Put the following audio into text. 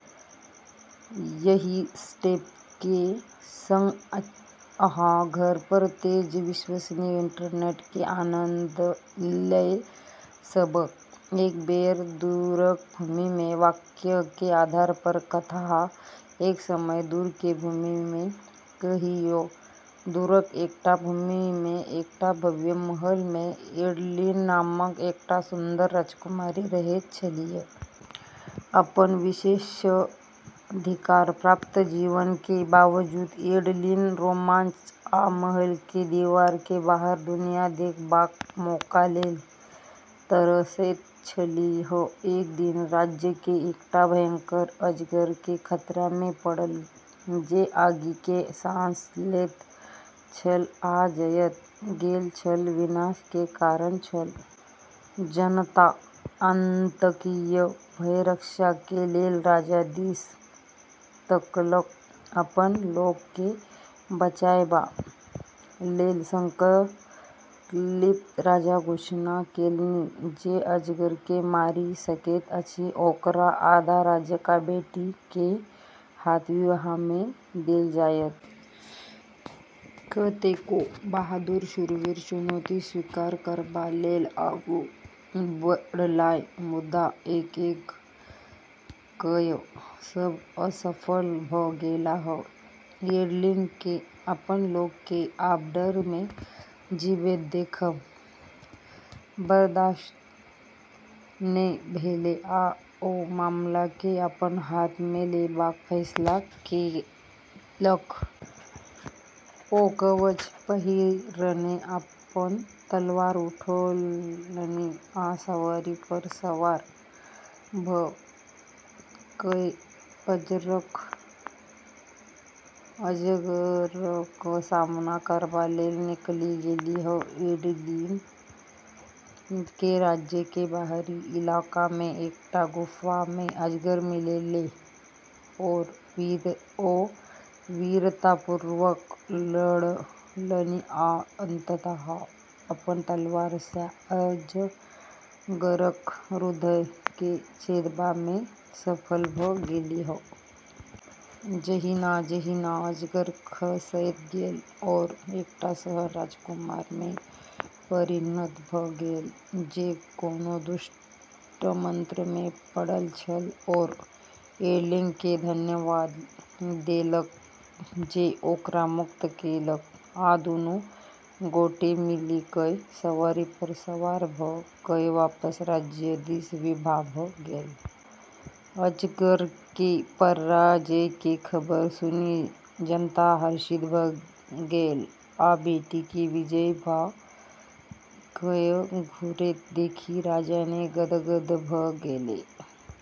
एहि स्टेप के संग अहाँ घर पर तेज, विश्वसनीय इंटरनेट के आनंद लए सकब। "एक बेर दूरक भूमि मे" वाक्य के आधार पर कथा: एक समय दूर के भूमि मे कहियो दूरक एकटा भूमि मे एकटा भव्य महल मे एडलिन नामक एकटा सुन्दर राजकुमारी रहैत छलीह। अपन विशेषाधिकार प्राप्त जीवन के बावजूद एडलिन रोमांच आ महल के दीवार के बाहर दुनिया देखबाक मौका लेल तरसैत छलीह। एक दिन राज्य के एकटा भयंकर अजगर के खतरा मे पड़ल जे आगि के साँस लैत छल आ जतय गेल छल विनाश के कारण छल। जनता आतंकित भय रक्षा के लेल राजा दिस तकलक। अपन लोक के बचाएबा लेल संकल्पित राजा घोषणा केलनि जे अजगर के मारि सकैत अछि ओकरा आधा राज्य आ बेटी के हाथ विवाह मे देल जायत। कतेको बहादुर शूरवीर चुनौती स्वीकार करबा लेल आगू बढ़लाह मुदा एक-एक कए सब असफल भ' गेलाह। एडलिन के अपन लोक के आब डर मे जीबैत देखब बर्दाश्त नै भेलै आ ओ मामला के अपन हाथ मे लेबाक फैसला केलक। ओ कवच पहिरने अपन तलवार उठौलनि आ सवारी पर सवार भ' कए अजगरक सामना करबा लेल निकलि गेलीह। एडलिन के राज्य के बाहरी इलाका मे एकटा गुफा मे अजगर मिललै। ओ वीरतापूर्वक लड़लनि आ अंततः अपन तलवार सँ अजगरक हृदय के छेदबा मे सफल भ' गेलीह। जहिना-जहिना अजगर खसैत गेल, ओ एकटा एहन राजकुमार मे परिणत भ' गेल जे कोनो दुष्ट मंत्र मे पड़ल छल। ओ एडलिन के धन्यवाद देलक जे ओकरा मुक्त केलक आ दुनू गोटे मिलिकय, सवारी पर सवार भ' कए वापस राज्य दिस विदा भ' गेल। अजगर के पराजय के खबर सुनि जनता हर्षित भ गेल आ बेटी के विजयी भ' कए घुरैत देखि राजा के गदगद भ' गेलै।